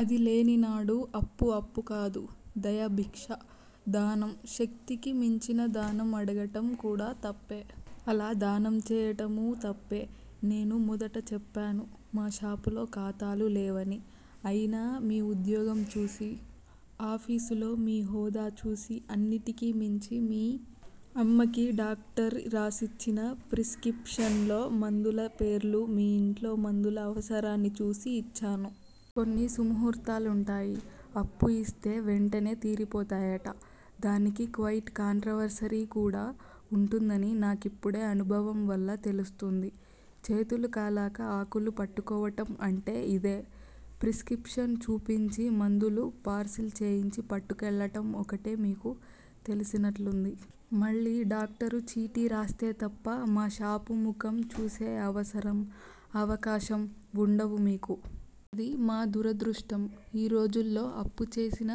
అది లేనినాడు అప్పు అప్పు కాదు. దయాభిక్ష! దానం. శక్తికి మించిన దానం అడగటం కూడా తప్పే. అలా దానం చేయటమూ తప్పే! నేను మొదట చెప్పాను! మా షాపులో ఖాతాలు లేవని! అయినా మీ ఉద్యోగం చూసి, ఆఫీసులో మీ హోదా చూసి అన్నిటికి మించి మీ అమ్మకి డాక్టర్ రాసిచ్చిన ప్రిస్కిప్షన్ లో మందుల పేర్లు మీ ఇంట్లో మందుల అవసరాన్ని చూసి ఇచ్చాను. కొన్ని సుముహూర్తాలుంటాయి. అప్పు ఇస్తే వెంటనే తీరిపోతాయట. దానికి క్వయిట్ కాంట్రవర్సరీ కూడా వుంటుందని నా కిప్పుడే అనుభవం వల్ల తెలుస్తూంది. చేతులు కాలక ఆకులు పట్టుకోవటం అంటే ఇదే! ప్రిస్కిప్షన్ చూపించి మందులు పార్సిల్ చేయించి పట్టుకెళ్ళటం ఒక్కటే మీకు తెలిసినట్లుంది. మళ్ళీ డాక్టరు చీటీ రాస్తే తప్ప మా షాపు ముఖం చూసే అవసరం, అవకాశం వుండవు మీకు. అది మా దురదృష్టం. ఈ రోజుల్లో అప్పు చేసిన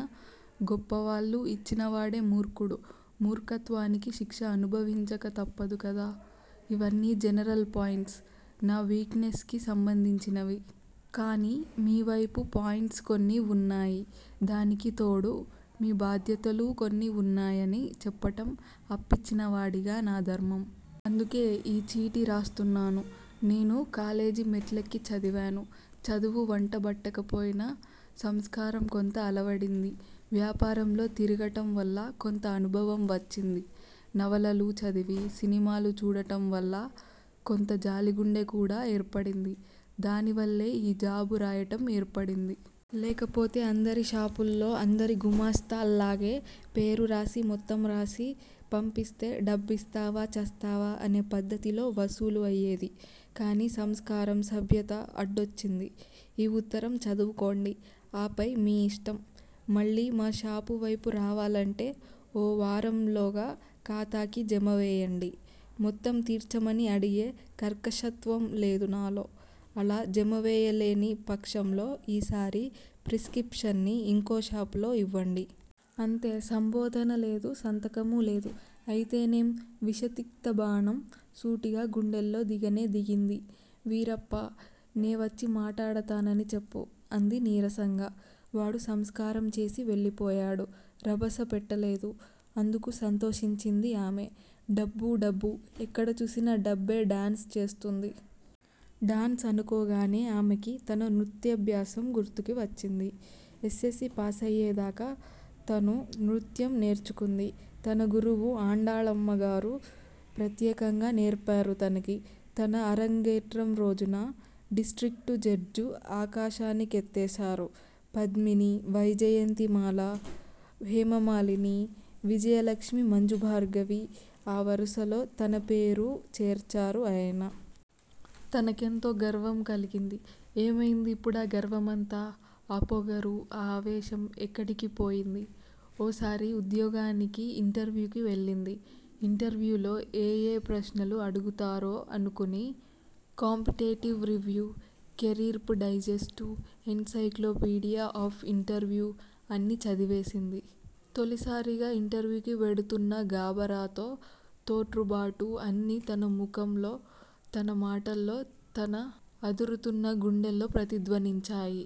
గొప్పవాళ్ళు. ఇచ్చినవాడే మూర్ఖుడు. మూర్ఖత్వానికి శిక్ష అనుభవించక తప్పదు కదా! ఇవన్నీ జనరల్ పాయింట్స్! నా వీక్ నెస్ కి సంబంధించినవి. కానీ మీ వైపు పాయింట్స్ కొన్ని వున్నాయి. దానికి తోడు మీ బాధ్యతలూ కొన్ని వున్నాయని చెప్పటం అప్పిచ్చిన వాడిగా నా ధర్మం. అందుకే ఈ చీటీ రాస్తున్నాను. నేనూ కాలేజీ మెట్లెక్కి చదివాను. చదువు వంట బట్టకపోయినా సంస్కారం కొంత అలవడింది. వ్యాపారంలో తిరగటంవల్ల కొంత అనుభవం వచ్చింది. నవలలు చదివీ, సినిమాలు చూడటం వల్లా కొంత జాలిగుండె కూడా ఏర్పడింది. దానివల్లే ఈ జాబు రాయటం ఏర్పడింది. లేకపోతే అందరి షాపుల్లో అందరి గుమాస్తాల్లాగే పేరు రాసి మొత్తం రాసి పంపిస్తే డబ్బిస్తావా చస్తావా అనే పద్దతిలో వసూలు అయ్యేది. కానీ సంస్కారం సభ్యత అడ్డొచ్చింది. ఈ ఉత్తరం చదువుకోండి! ఆపై మీ ఇష్టం! మళ్ళీ మా షాపు వైపు రావాలంటే ఓ వారంలోగా ఖాతాకి జమ వేయండి, మొత్తం తీర్చమని అడిగే కర్కశత్వం లేదు నాలో అలా జమవేయలేని పక్షంలో ఈసారి ప్రిస్కిప్షన్ని ఇంకో షాపులో ఇవ్వండి. అంతే! సంబోధన లేదు! సంతకమూ లేదు! అయితేనేం విషతిక్తబాణం సూటిగా గుండెల్లో దిగనే దిగింది. వీరప్పా! నేవచ్చి మాటాడతానని చెప్పు! అంది నీరసంగా. వాడు నమస్కారం చేసి వెళ్ళిపోయాడు. రభస పెట్టలేదు. అందుకు సంతోషించింది ఆమె! డబ్బు! డబ్బు! ఎక్కడ చూసినా డబ్బే డాన్స్ చేస్తూంది!! డాన్స్ అనుకోగానే ఆమెకి తన నృత్యాభ్యాసం గుర్తుకి వచ్చింది. ఎస్సెస్సీ పాసయ్యేదాకా తను నృత్యం నేర్చుకుంది. తన గురువు ఆండాళమ్మగారు ప్రత్యేకంగా నేర్పారు తనకి. తన అరంగేట్రం రోజున డిస్ట్రిక్టు జడ్జ్ ఆకాశానికెత్తేశారు! పద్మిని, వైజయంతిమాల, హేమమాలిని, విజయలక్ష్మి మంజుభార్గవి ఆ వరసలో తన పేరూ చేర్చారు ఆయన. తనకెంతో గర్వం కలిగింది. ఏమయింది ఇప్పుడా గర్వమంతా? ఆ పొగరూ, ఆ ఆవేశం ఎక్కడికి పోయింది? ఓసారి ఉద్యోగానికి ఇంటర్వ్యూకి వెళ్ళింది. ఇంటర్వ్యూలో ఏయే ప్రశ్నలు అడుగుతారో అనుకుని competitive review, career digest, encyclopedia of interview అన్నీ చదివేసింది. తొలిసారిగా ఇంటర్వ్యూకి వెడుతున్న గాబరాతో, తొట్రుబాటు అన్నీ తన ముఖంలో తన మాటల్లో తన అదురుతున్న గుండెల్లో ప్రతిధ్వనించాయి.